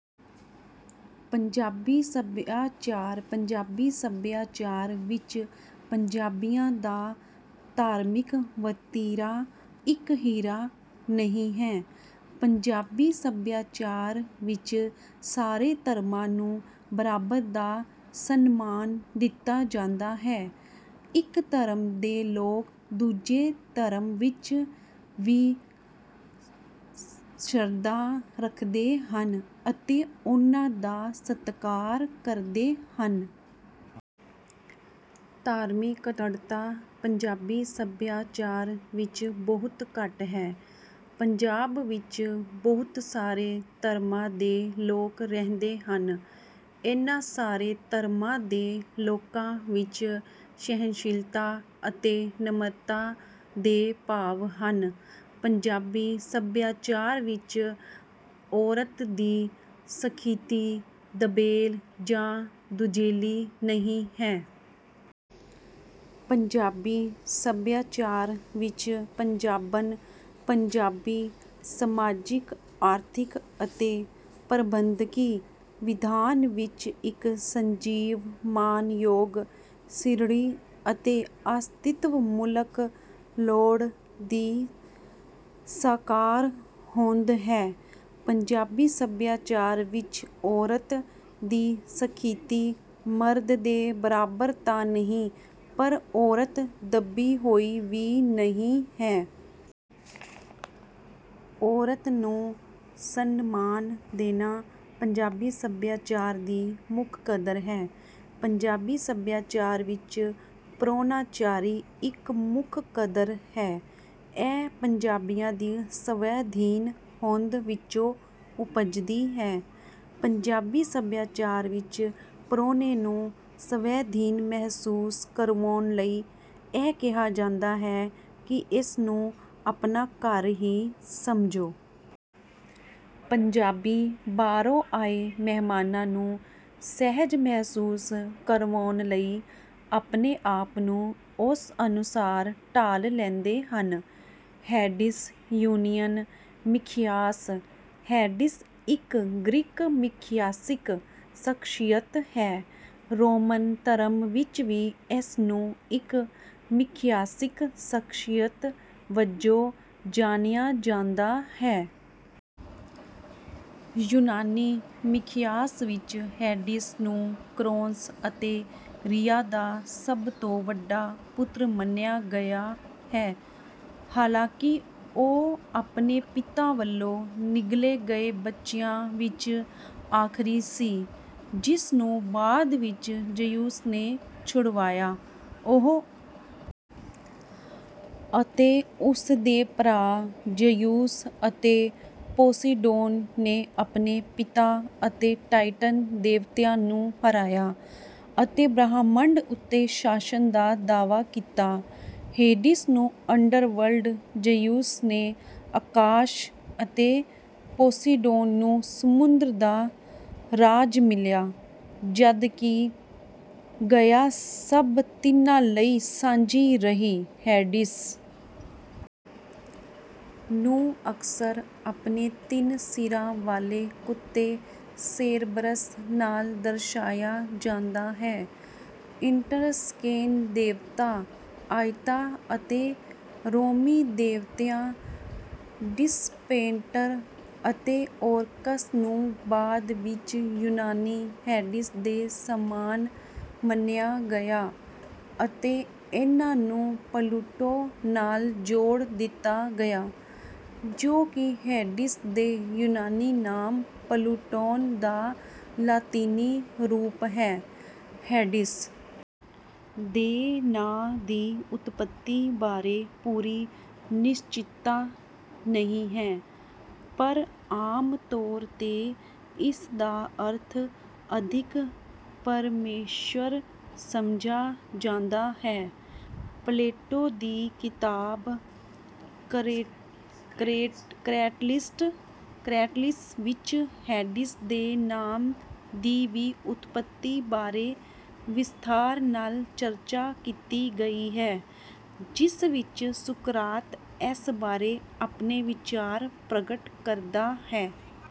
ਪੰਜਾਬੀ ਸਭਿਆਚਾਰ ਪੰਜਾਬੀ ਸਭਿਆਚਾਰ ਵਿੱਚ ਪੰਜਾਬੀਆਂ ਦਾ ਧਾਰਮਿਕ ਵਤੀਰਾ ਇਕਹਿਰਾ ਨਹੀਂ ਹੈ। ਪੰਜਾਬੀ ਸਭਿਆਚਾਰ ਵਿੱਚ ਸਾਰੇ ਧਰਮਾਂ ਨੂੰ ਬਰਾਬਰ ਦਾ ਸਨਮਾਨ ਦਿੱਤਾ ਜਾਂਦਾ ਹੈ। ਇੱਕ ਧਰਮ ਦੇ ਲੋਕ ਦੂਜੇ ਧਰਮ ਵਿੱਚ ਵੀ ਸ਼ਰਧਾ ਰੱਖਦੇ ਹਨ ਅਤੇ ਉਨ੍ਹਾਂ ਦਾ ਸਤਿਕਾਰ ਕਰਦੇ ਹਨ। ਧਾਰਮਿਕ ਕੱਟੜਤਾ ਪੰਜਾਬੀ ਸਭਿਆਚਾਰ ਵਿੱਚ ਬਹੁਤ ਘੱਟ ਹੈ। ਪੰਜਾਬ ਵਿੱਚ ਬਹੁਤ ਸਾਰੇ ਧਰਮਾਂ ਦੇ ਲੋਕ ਰਹਿੰਦੇ ਹਨ। ਇਨ੍ਹਾਂ ਸਾਰੇ ਧਰਮਾਂ ਦੇ ਲੋਕਾਂ ਵਿੱਚ ਸਹਿਣਸ਼ੀਲਤਾ ਅਤੇ ਨਿਮਰਤਾ ਦੇ ਭਾਵ ਹਨ। ਪੰਜਾਬੀ ਸਭਿਆਚਾਰ ਵਿੱਚ ਔਰਤ ਦੀ ਸਥਿਤੀ ਦਬੇਲ ਜਾਂ ਦੂਜੇਲੀ ਨਹੀਂ ਹੈ। ਪੰਜਾਬੀ ਸਭਿਆਚਾਰ ਵਿੱਚ ਪੰਜਾਬਣ ਪੰਜਾਬੀ ਸਮਾਜਿਕ, ਆਰਥਿਕ ਅਤੇ ਪ੍ਰਬੰਧਕੀ ਵਿਧਾਨ ਵਿੱਚ ਇੱਕ ਸਜੀਵ, ਮਾਣਯੋਗ, ਸਿਰੜੀ ਅਤੇ ਅਸਤਿਤਵਮੂਲਕ ਲੋੜਾਂ ਦੀ ਸਾਕਾਰ ਹੋਂਦ ਹੈ। ਪੰਜਾਬੀ ਸਭਿਆਚਾਰ ਵਿੱਚ ਔਰਤ ਦੀ ਸਥਿਤੀ ਮਰਦ ਦੇ ਬਰਾਬਰ ਤਾਂ ਨਹੀਂ, ਪਰ ਔਰਤ ਦੱਬੀ ਹੋਈ ਵੀ ਨਹੀਂ ਹੈ। ਔਰਤ ਨੂੰ ਸਨਮਾਨ ਦੇਣਾ ਪੰਜਾਬੀ ਸਭਿਆਚਾਰ ਦੀ ਮੁੱਖ ਕਦਰ ਹੈ। ਪੰਜਾਬੀ ਸਭਿਆਚਾਰ ਵਿੱਚ ਪ੍ਰਾਹੁਣਾਚਾਰੀ ਇੱਕ ਮੁੱਖ ਕਦਰ ਹੈ। ਇਹ ਪੰਜਾਬੀਆਂ ਦੀ ਸਵੈਧੀਨ ਹੋਂਦ ਵਿੱਚੋਂ ਉਪਜਦੀ ਹੈ। ਪੰਜਾਬੀ ਸਭਿਆਚਾਰ ਵਿੱਚ ਪ੍ਰਾਹੁਣੇ ਨੂੰ ਸਵੈਧੀਨ ਮਹਿਸੂਸ ਕਰਵਾਉਣ ਲਈ ਇਹ ਕਿਹਾ ਜਾਂਦਾ ਹੈ ਕਿ, “ਇਸ ਨੂੰ ਆਪਣਾ ਘਰ ਹੀ ਸਮਝੋ।” ਪੰਜਾਬੀ ਬਾਹਰੋਂ ਆਏ ਮਹਿਮਾਨ ਨੂੰ ਸਹਿਜ ਮਹਿਸੂਸ ਕਰਵਾਉਣ ਲਈ ਆਪਣੇ ਆਪ ਨੂੰ ਉਸ ਅਨੁਸਾਰ ਢਾਲ ਲੈਂਦੇ ਹਨ। ਹੇਡੀਸ ਯੂਨਾਨੀ ਮਿਥਿਹਾਸ ਹੇਡੀਸ ਇੱਕ ਗ੍ਰੀਕ ਮਿਥਿਹਾਸਿਕ ਸ਼ਖ਼ਸੀਅਤ ਹੈ। ਰੋਮਨ ਧਰਮ ਵਿੱਚ ਵੀ ਇਸ ਨੂੰ ਇੱਕ ਮਿਥਿਹਾਸਿਕ ਸ਼ਖ਼ਸੀਅਤ ਵਜੋਂ ਜਾਣਿਆ ਜਾਂਦਾ ਹੈ। ਯੂਨਾਨੀ ਮਿਥਿਹਾਸ ਵਿੱਚ ਹੇਡੀਸ ਨੂੰ ਕਰੌਨਸ ਅਤੇ ਰੀਆ ਦਾ ਸਭ ਤੋਂ ਵੱਡਾ ਪੁੱਤਰ ਮੰਨਿਆ ਗਿਆ ਹੈ, ਹਾਲਾਂਕਿ ਉਹ ਆਪਣੇ ਪਿਤਾ ਵੱਲੋਂ ਨਿਗਲੇ ਗਏ ਬੱਚਿਆਂ ਵਿੱਚ ਆਖ਼ਰੀ ਸੀ ਜਿਸ ਨੂੰ ਬਾਅਦ ਵਿੱਚ ਜ਼ਿਊਸ ਨੇ ਛੁਡਵਾਇਆ। ਉਹ ਅਤੇ ਉਸ ਦੇ ਭਰਾ ਜ਼ਿਊਸ ਅਤੇ ਪੋਸੀਦੋਨ ਨੇ ਆਪਣੇ ਪਿਤਾ ਅਤੇ ਟਾਇਟਨ ਦੇਵਤਿਆਂ ਨੂੰ ਹਰਾਇਆ ਅਤੇ ਬ੍ਰਹਿਮੰਡ ਉੱਤੇ ਸ਼ਾਸਨ ਦਾ ਦਾਅਵਾ ਕੀਤਾ। ਹੇਡੀਸ ਨੂੰ ਅੰਡਰਵਰਲਡ, ਜ਼ਿਊਸ ਨੂੰ ਆਕਾਸ਼ ਅਤੇ ਪੋਸੀਦੋਨ ਨੂੰ ਸਮੁੰਦਰ ਦਾ ਰਾਜ ਮਿਲਿਆ, ਜਦਕਿ ਗਾਇਆ ਸਭ ਤਿੰਨਾਂ ਲਈ ਸਾਂਝੀ ਰਹੀ। ਹੇਡੀਸ ਨੂੰ ਅਕਸਰ ਆਪਣੇ ਤਿੰਨ ਸਿਰਾਂ ਵਾਲੇ ਕੁੱਤੇ ਸੇਰਬਰਸ ਨਾਲ ਦਰਸਾਇਆ ਜਾਂਦਾ ਹੈ। ਈਟ੍ਰਸਕੇਨ ਦੇਵਤਾ ਅਈਤਾ ਅਤੇ ਰੋਮੀ ਦੇਵਤਿਆਂ ਡਿਸ ਪੈਟਰ ਅਤੇ ਓਰਕਸ ਨੂੰ ਬਾਅਦ ਵਿੱਚ ਯੂਨਾਨੀ ਹੇਡੀਸ ਦੇ ਸਮਾਨ ਮੰਨਿਆ ਗਿਆ ਅਤੇ ਇਨ੍ਹਾਂ ਨੂੰ ਪਲੂਟੋ ਨਾਲ ਜੋੜ ਦਿੱਤਾ ਗਿਆ, ਜੋ ਕਿ ਹੇਡੀਸ ਦੇ ਯੂਨਾਨੀ ਨਾਮ ਪਲੂਟੋਨ ਦਾ ਲਾਤੀਨੀ ਰੂਪ ਹੈ। ਹੇਡੀਸ ਦੇ ਨਾਂ ਦੀ ਉਤਪੱਤੀ ਬਾਰੇ ਪੂਰੀ ਨਿਸ਼ਚਿਤਤਾ ਨਹੀਂ ਹੈ, ਪਰ ਆਮ ਤੌਰ ’ਤੇ ਇਸ ਦਾ ਅਰਥ “ਅਦਿੱਖ ਪਰਮੇਸ਼ੁਰ” ਸਮਝਿਆ ਜਾਂਦਾ ਹੈ। ਪਲੈਟੋ ਦੀ ਕਿਤਾਬ ਕ੍ਰੈਟੀਲਸ ਵਿੱਚ ਹੇਡੀਸ ਦੇ ਨਾਮ ਦੀ ਵਿਉਤਪੱਤੀ ਬਾਰੇ ਵਿਸਥਾਰ ਨਾਲ ਚਰਚਾ ਕੀਤੀ ਗਈ ਹੈ, ਜਿਸ ਵਿੱਚ ਸੁਕਰਾਤ ਇਸ ਬਾਰੇ ਆਪਣੇ ਵਿਚਾਰ ਪ੍ਰਗਟ ਕਰਦਾ ਹੈ।